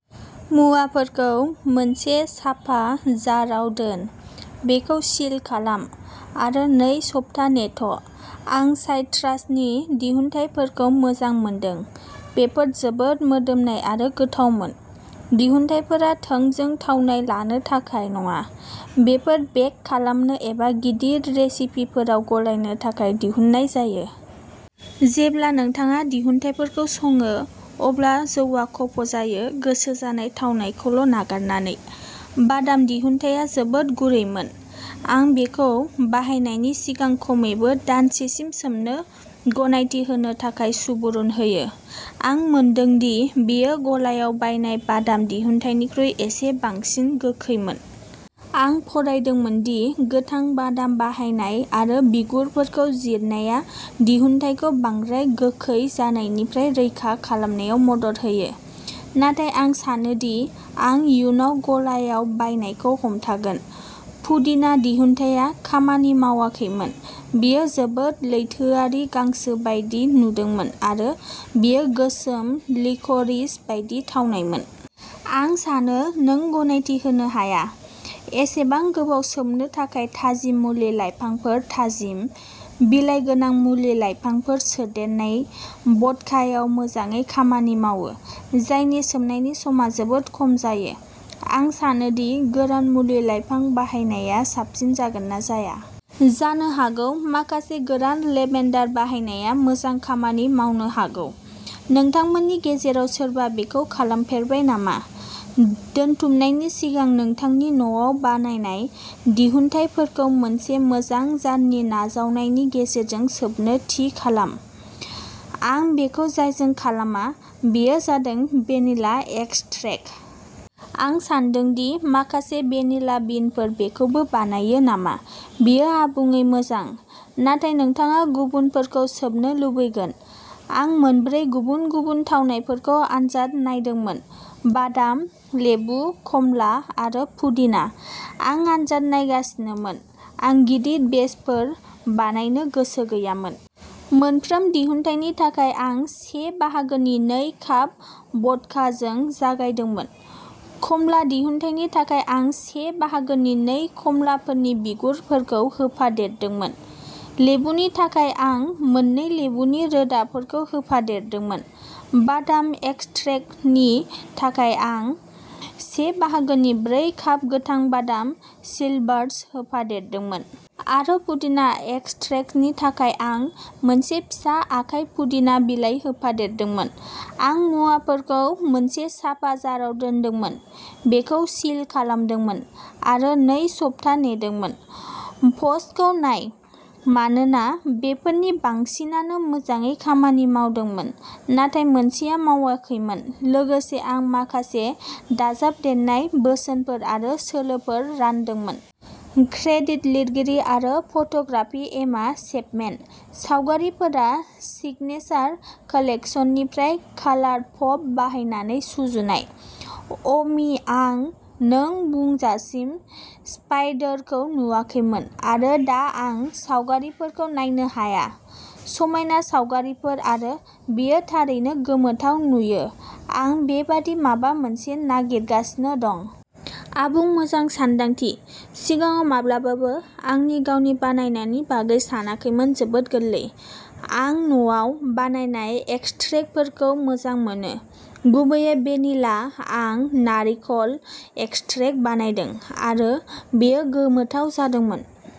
मुवाफोरखौ मोनसे साफा जार आव दोन, बेखौ सिल खालाम, आरो नै सप्ता नेथ' आं साइट्रासनि दिहुनथायफोरखौ मोजां मोनदों बेफोर जोबोद मोदोमनाय आरो गोथावमोन। दिहुनथायफोरा थोंजों थावनाय लानो थाखाय नङा बेफोर बेक खालामनो एबा गिदिर रेसिपिफोराव गलायनो थाखाय दिहुननाय जायो। जेब्ला नोंथाङा दिहुनथायफोरखौ सङो अब्ला जौआ खफ'जायो गोसो जानाय थावनायखौल' नागारनानै। बादाम दिहुनथाया जोबोद गुरैमोन। आं बेखौ बाहायनायनि सिगां खमैबो दानसेसिम सोमनो गनायथि होनो थाखाय सुबुरुन होयो। आं मोनदों दि बेयो गलायाव बायनाय बादाम दिहुनथायनिख्रुइ एसे बांसिन गोखैमोन। आं फरायदोंमोन दि गोथां बादाम बाहायनाय आरो बिगुरफोरखौ जिरनाया दिहुनथायखौ बांद्राय गोखै जानायनिफ्राय रैखा खालामनायाव मदद होगोन। नाथाय आं सानो दि आं इयुनाव गलायाव बायनायखौ हमथागोन। पुदिना दिहुनथाया खामानि मावाखैमोन बेयो जोबोद लैथोआरि गांसो बायदि नुदोंमोन आरो बेयो गोसोम लिक'रिस बायदि थावनायमोन। आं सानो नों गनायथि होनो हाया। एसेबां गोबाव सोमनो थाखाय थाजिम मुलि लाइफांफोर थाजिम, बिलाइ गोनां मुलि लाइफांफोर सोदेरनाय भद्कायाव मोजाङै खामानि मावो जायनि सोमनायनि समा जोबोद खम जायो। आं सानो दि गोरान मुलि लाइफां बाहायनाया साबसिन जागोन ना जाया। जानो हागौ माखासे गोरान लेभेन्डार बाहायनाया मोजां खामानि मावनो हागौ। नोंथांमोननि गेजेराव सोरबा बेखौ खालामफेरबाय नामा? दोनथुमनायनि सिगां नोंथांनि न'आव बानायनाय दिहुनथायफोरखौ मोनसे मोजां जारनि नाजावनायनि गेजेरजों सोबनो थि खालाम। आं बेखौ जायजों खालामा बेयो जादों भेनिला एक्सट्रेक्ट। आं सान्दों दि माखासे भेनिला बिनफोर बेखौबो बानायो नामा बेयो आबुङै मोजां। नाथाय नोंथाङा गुबुनफोरखौ सोबनो लुबैगोन। आं मोनब्रै गुबुन गुबुन थावनायफोरखौ आनजाद नायदोंमोन बादाम, लेबु, खमला आरो पुदिना। आं आनजाद नायगासिनोमोन, आं गिदिर बेचफोर बानायनो गोसो गैयामोन। मोनफ्रोम दिहुनथायनि थाखाय आं से बाहागोनि नै काप भडकाजों जागायदोंमोन। खमला दिहुनथायनि थाखाय आं से बाहागोनि नै खमलाफोरनि बिगुरफोरखौ होफादेरदोंमोन। लेबुनि थाखाय आं मोननै लेबुनि रोदाफोरखौ होफादेरदोंमोन। बादाम एक्सट्रेक्टनि थाखाय, आं से बाहागोनि ब्रै काप गोथां बादाम स्लिभार्स होफादेरदोंमोन। आरो पुदिना एक्सट्रेक्टनि थाखाय आं मोनसे फिसा आखाइ पुदिना बिलाइ होफादेरदोंमोन। आं मुवाफोरखौ मोनसे साफा जाराव दोनदोंमोन, बेखौ सिल खालामदोंमोन, आरो नै सप्ता नेदोंमोन। प'स्टखौ नाय मानोना बेफोरनि बांसिनानो मोजाङै खामानि मावदोंमोन नाथाय मोनसेआ मावाखैमोन लोगोसे आं माखासे दाजाबदेरनाय बोसोनफोर आरो सोलोफोर रानदोंमोन। क्रेडिट लिरगिरि आरो फट'ग्राफि एमा चेपमेन। सावगारिफोरा सिगनेचार कालेक्सननिफ्राय कालार पप बाहायनानै सुजुनाय। अ'मि आं नों बुंजासिम स्पाइडरखौ नुवाखैमोन आरो दा आं सावगारिफोरखौ नायनो हाया। समायना सावगारिफोर आरो बेयो थारैनो गोमोथाव नुयो आं बेबादि माबा मोनसे नागिरगासिनो दं। आबुं मोजां सानदांथि। सिगाङाव माब्लाबाबो आंनि गावनि बानायनायनि बागै सानाखैमोन जोबोद गोरलै। आं न'आव बानायनाय एक्सट्रेक्टफोरखौ मोजां मोनो, गुबैयै भेनिला आं नारिखल एक्सट्रेक्ट बानायदों आरो बेयो गोमोथाव जादोंमोन।